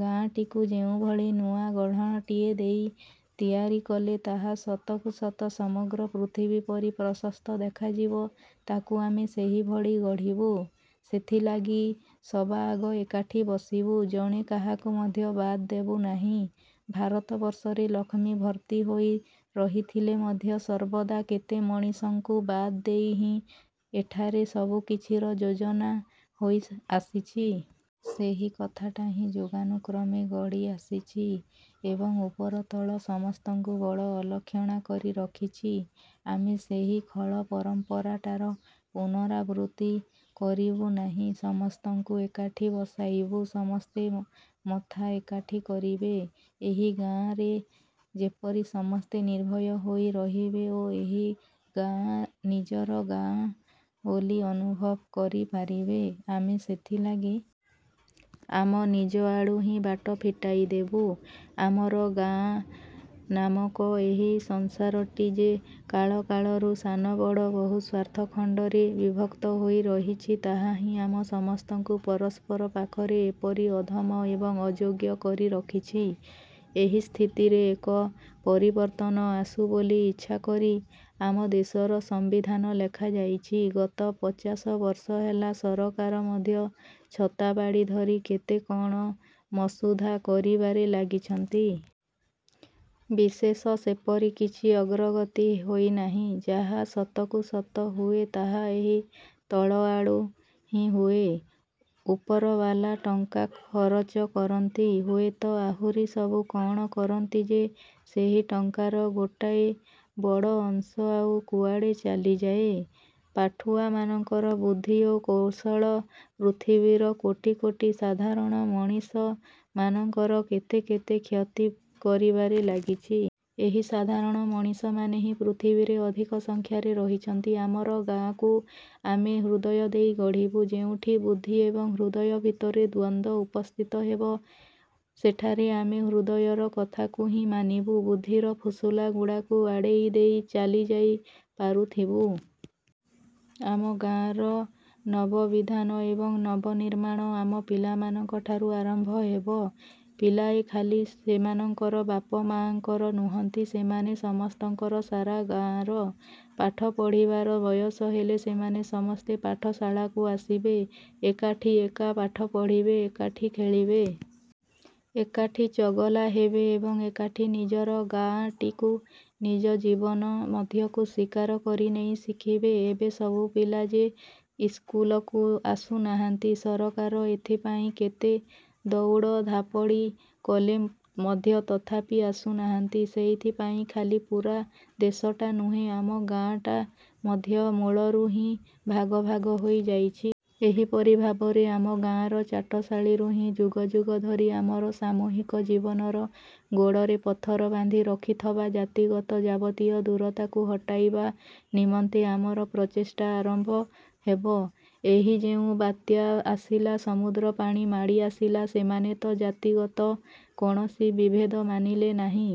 ଗାଆଁଟିକୁ ଯେଉଁଭଳି ନୂଆ ଗଢ଼ଣଟିଏ ଦେଇ ତିଆରି କଲେ ତାହା ସତକୁ ସତ ସମଗ୍ର ପୃଥିବୀ ପରି ପ୍ରଶସ୍ତ ଦେଖାଯିବ, ତାକୁ ଆମେ ସେହିଭଳି ଗଢ଼ିବୁ-। ସେଥିଲାଗି ସବାଆଗ ଏକାଠି ବସିବୁ। ଜଣେ କାହାକୁ ମଧ୍ୟ ବାଦ୍ ଦେବୁ ନାହିଁ। ଭାରତବର୍ଷରେ ଲକ୍ଷ୍ମୀ ଭର୍ତ୍ତି ହୋଇ ରହିଥିଲେ ମଧ୍ୟ ସର୍ବଦା କେତେ ମଣିଷଙ୍କୁ ବାଦ୍ ଦେଇ ହିଁ ଏଠାରେ ସବୁକିଛିର ଯୋଜନା ହୋଇ ଆସିଛି। ସେହି କଥାଟା ହିଁ ଯୁଗାନୁକ୍ରମେ ଗଡ଼ି ଆସିଛି ଏବଂ ଉପର ତଳ ସମସ୍ତଙ୍କୁ ବଡ଼ ଅଲକ୍ଷଣା କରି ରଖିଛି। ଆମେ ସେହି ଖଳ ପରମ୍ପରାଟାର ପୁନରାବୃତ୍ତି କରିବୁ ନାହିଁ। ସମସ୍ତଙ୍କୁ ଏକାଠି ବସାଇବୁ। ସମସ୍ତେ ମଥା ଏକାଠି କରିବେ,- ଏହି ଗାଆଁରେ ଯେପରି ସମସ୍ତେ ନିର୍ଭୟ ହୋଇ ରହିବେ ଓ ଏହି ଗାଆଁ ନିଜର ଗାଆଁ ବୋଲି ଅନୁଭବ କରିପାରିବେ, ଆମେ ସେଥିଲାଗି। ଆମ ନିଜଆଡ଼ୁ ହିଁ ବାଟ ଫିଟାଇଦେବୁ। ଆମର ଗାଆଁ ନାମକ ଏହି ସଂସାରଟି ଯେ କାଳକାଳରୁ ସାନ ବଡ଼ ବହୁ ସ୍ଵାର୍ଥଖଣ୍ଡରେ ବିଭକ୍ତ ହୋଇ ରହିଛି, ତାହାହିଁ ଆମ ସମସ୍ତଙ୍କୁ ପରସ୍ପର ପାଖରେ ଏପରି ଅଧମ ଏବଂ ଅଯୋଗ୍ୟ କରି ରଖିଛି। ଏହି ସ୍ଥିତିରେ ଏକ ପରିବର୍ତ୍ତନ ଆସୁ ବୋଲି ଇଚ୍ଛା କରି ଆମ ଦେଶର ସମ୍ବିଧାନ ଲେଖାଯାଇଛି, ଗତ ପଚାଶବର୍ଷ ହେଲା ସରକାର ମଧ୍ୟ ଛତାବାଡ଼ି ଧରି କେତେ କ'ଣ ମସୁଧା କରିବାରେ ଲାଗିଛନ୍ତି। ବିଶେଷ ସେପରି କିଛି ଅଗ୍ରଗତି ହୋଇନାହିଁ। ଯାହା ସତକୁ ସତ ହୁଏ, ତାହା ଏହି ତଳଆଡୁ ହିଁ ହୁଏ। ଉପରବାଲା ଟଙ୍କା ଖରଚ କରନ୍ତି; ହୁଏତ ଆହୁରି ସବୁ କ'ଣ କରନ୍ତି ଯେ, ସେହି ଟଙ୍କାର ଗୋଟାଏ ବଡ଼ ଅଂଶ ଆଉ କୁଆଡ଼େ ଚାଲିଯାଏ। ପାଠୁଆ ମାନଙ୍କର ବୁଦ୍ଧି ଓ କୌଶଳ ପୃଥିବୀର କୋଟି କୋଟି ସାଧାରଣ ମଣିଷ ମାନଙ୍କର କେତେକେତେ କ୍ଷତି କରିବାରେ ଲାଗିଛି। ଏହି ସାଧାରଣ ମଣିଷମାନେ ହିଁ ପୃଥିବୀରେ ଅଧିକ ସଂଖ୍ୟାରେ ରହିଛନ୍ତି। ଆମର ଗାଆଁକୁ ଆମେ ହୃଦୟ ଦେଇ ଗଢ଼ିବୁ। ଯେଉଁଠି ବୁଦ୍ଧି ଏବଂ ହୃଦୟ ଭିତରେ ଦ୍ୱନ୍ଦ ଉପସ୍ଥିତ ହେବ, ସେଠାରେ ଆମେ ହୃଦୟର କଥାକୁ ହିଁ ମାନିବୁ। ବୁଦ୍ଧିର ଫୁସୁଲା ଗୁଡ଼ାକୁ ଅଡ଼େଇ ଦେଇ ଚାଲିଯାଇ ପାରୁଥିବୁ। ଆମ ଗାଆଁର ନବବିଧାନ ଏବଂ ନବନିର୍ମାଣ ଆମ ପିଲାମାନଙ୍କ ଠାରୁ ଆରମ୍ଭ ହେବ। ପିଲାଏ ଖାଲି ସେମାନଙ୍କର ବାପମାଆଙ୍କର ନୁହନ୍ତି, ସେମାନେ ସମସ୍ତଙ୍କର, ସାରା ଗାଆଁର। ପାଠ ପଢ଼ିବାର ବୟସ ହେଲେ ସେମାନେ ସମସ୍ତେ ପାଠଶାଳାକୁ ଆସିବେ। ଏକାଠି ଏକା ପାଠ ପଢ଼ିବେ। ଏକାଠି ଖେଳିବେ। ଏକାଠି ଚଗଲା ହେବେ ଏବଂ ଏକାଠି ନିଜର ଗାଆଁଟିକୁ ନିଜ ଜୀବନ ମଧ୍ୟକୁ ସ୍ୱୀକାର କରି ନେଇ ଶିଖିବେ। ଏବେ ସବୁ ପିଲା ଯେ ଇସ୍କୁଲକୁ ଆସୁନାହାନ୍ତି, ସରକାର ଏଥିପାଇଁ କେତେ ଦଉଡ଼ଧାପଡ଼ି କଲେ ମଧ୍ୟ ତଥାପି ଆସୁନାହାନ୍ତି, ସେଇଥିପାଇଁ ଖାଲି ପୂରା ଦେଶଟା ନୁହେଁ, ଆମ ଗାଆଁଟା ମଧ୍ୟ ମୂଳରୁ ହିଁ ଭାଗଭାଗ ହୋଇ ଯାଉଛି। ଏହିପରି ଭାବରେ ଆମ ଗାଆଁର ଚାଟଶାଳୀରୁ ହିଁ ଯୁଗ ଯୁଗ ଧରି ଆମର ସାମୂହିକ ଜୀବନର ଗୋଡ଼ରେ ପଥର ବାନ୍ଧି ରଖିଥବା ଜାତିଗତ ଯାବତୀୟ ଦୂରତାକୁ ହଟାଇବା ନିମନ୍ତେ ଆମର ପ୍ରଚେଷ୍ଟା ଆରମ୍ଭ ହେବ। ଏହି ଯେଉଁ ବାତ୍ୟା ଆସିଲା, ସମୁଦ୍ର ପାଣି ମାଡ଼ି ଆସିଲା, ସେମାନେ ତ ଜାତିଗତ କୌଣସି ବିଭେଦ ମାନିଲେ ନାହିଁ।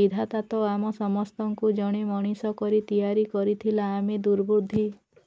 ବିଧାତାତ ଆମ ସମସ୍ତଙ୍କୁ ଜଣେ ମଣିଷ କରି ତିଆରି କରିଥିଲା-ଆମେ ଦୁର୍ବୁଦ୍ଧି